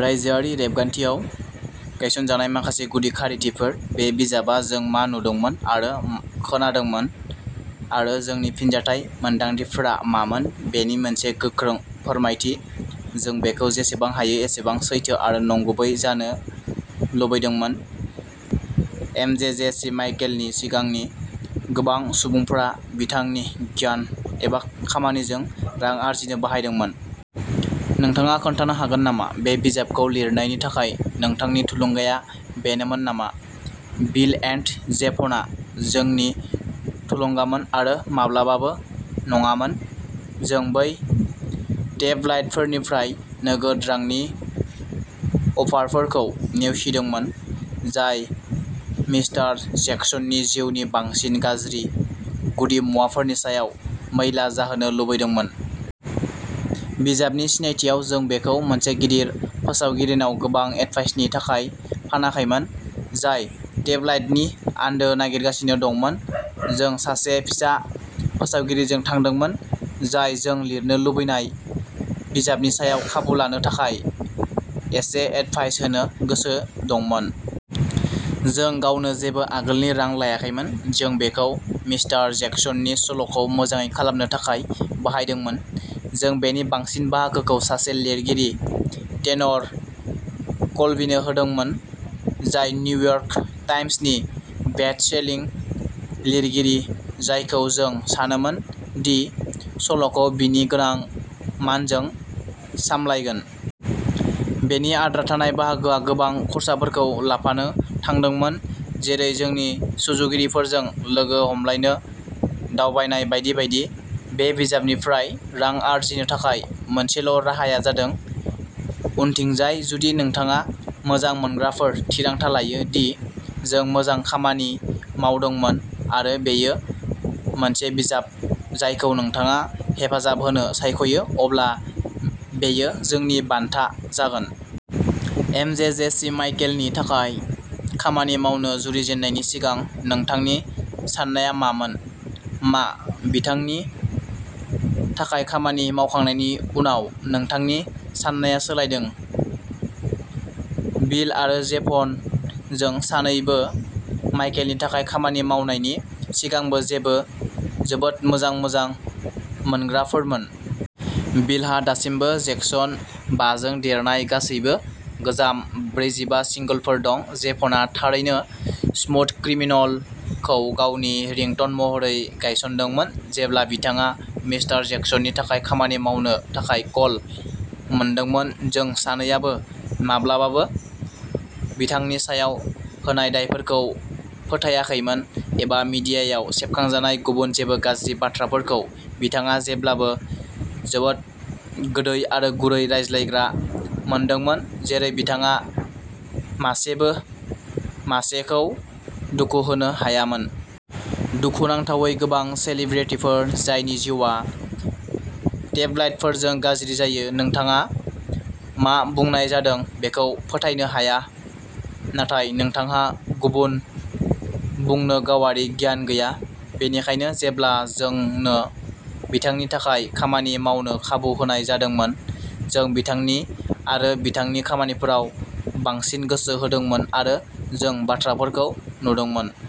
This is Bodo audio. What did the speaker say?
रायजोआरि रेबगान्थियाव गायसनजानाय माखासे गुदि खारिथिफोर बे बिजाबआ जों मा नुदोंमोन आरो खोनादोंमोन आरो जोंनि फिनजाथाय मोनदांथिफोरा मामोन बेनि मोनसे गोख्रों फोरमायथि। जों बेखौ जेसेबां हायो एसेबां सैथो आरो नंगुबै जानो लुबैदोंमोन। एमजेजेसि माइकेलनि सिगांनि गोबां सुबुंफोरा बिथांनि गियान एबा खामानिजों रां आर्जिनो बाहायदोंमोन। नोंथाङा खोन्थानो हागोन नामा बे बिजाबखौ लिरनायनि थाखाय नोंथांनि थुलुंगाया बेनोमोन नामा? बिल एन्ड जेभनआ जोंनि थुलुंगामोन आरो माब्लाबाबो नङामोन। जों बै टेबलाइडफोरनिफ्राय नोगोद रांनि अफारफोरखौ नेवसिदोंमोन जाय मिस्टार जेक्सननि जिउनि बांसिन गाज्रि गुदि मुवाफोरनि सायाव मैला जाहोनो लुबैदोंमोन। बिजाबनि सिनायथिआव जों बेखौ मोनसे गिदिर फोसावगिरिनाव गोबां एडभान्सनि थाखाय फानाखैमोन, जाय टेबलाइडनि आन्दो नागिरगासिनो दंमोन। जों सासे फिसा फोसावगिरिजों थांदोंमोन, जाय जों लिरनो लुबैनाय बिजाबनि सायाव खाबु लानो थाखाय एसे एडभान्स होनो गोसो दंमोन। जों गावनो जेबो आगोलनि रां लायाखैमोन। जों बेखौ मिस्टार जेक्सननि सल'खौ मोजाङै खालामनो थाखाय बाहायदोंमोन। जों बेनि बांसिन बाहागोखौ सासे लिरगिरि, टेनर कल्बीनो होदोंमोन, जाय निउयर्क टाइम्सनि बेस्टसेलिं लिरगिरि, जायखौ जों सानोमोन दि सल'खौ बिनि गोनां मानजों सामलायगोन। बेनि आद्रा थानाय बाहागोआ गोबां खर्साफोरखौ लाफानो थांदोंमोन, जेरै जोंनि सुजुगिरिफोरजों लोगो हमलायनो दावबायनाय बायदि बायदि। बे बिजाबनिफ्राय रां आर्जिनो थाखाय मोनसेल' राहाया जादों उनथिंजाय जुदि नोंथाङा, मोजां मोनग्राफोर, थिरांथा लायो दि जों मोजां खामानि मावदोंमोन आरो बेयो मोनसे बिजाब जायखौ नोंथाङा हेफाजाब होनो सायख'यो, अब्ला बेयो जोंनि बान्था जागोन। एमजेजेसी माइकेलनि थाखाय खामानि मावनो जुरिजेननायनि सिगां नोंथांनि साननायआ मामोन? मा बिथांनि थाखाय खामानि मावखांनायनि उनाव नोंथांनि साननाया सोलायदों? बिल आरो जेभन जों सानैबो माइकेलनि थाखाय खामानि मावनायनि सिगांबो जेब्लाबो जोबोद मोजां मोजां मोनग्राफोरमोन। बिलहा दासिमबो जेक्सन बाजों देरनाय गासैबो गोजाम ब्रैजिबा सिंगोलफोर दं। जेभ'नआ थारैनो स्मुथ क्रिमिनल खौ गावनि रिंटन महरै गायसनदोंमोन जेब्ला बिथाङा मिस्टार जेक्सननि थाखाय खामानि मावनो थाखाय कल मोनदोंमोन। जों सानैआबो माब्लाबाबो बिथांनि सायाव होनाय दायफोरखौ फोथायाखैमोन एबा मिडियायाव सेबखांजानाय गुबुन जेबो गाज्रि बाथ्राफोरखौ बिथाङा जेब्लाबो जोबोद गोदै आरो गुरै रायज्लायग्रा मोनदोंमोन, जेरै बिथाङा मासेबो मासेखौ दुखु होनो हायामोन। दुखुनांथावै, गोबां सेलिब्रिटिफोर जायनि जिउआ टेबलाइडफोरजों गाज्रि जायो, नोंथाङा मा बुंनाय जादों बेखौ फोथायनो हाया नाथाय नोंथांहा गुबुन बुंनो गावारि गियान गैया। बेनिखायनो जेब्ला जोंनो बिथांनि थाखाय खामानि मावनो खाबु होनाय जादोंमोन, जों बिथांनि आरो बिथांनि खामानिफोराव बांसिन गोसो होदोंमोन आरो जों बाथ्राफोरखौ नुदोंमोन।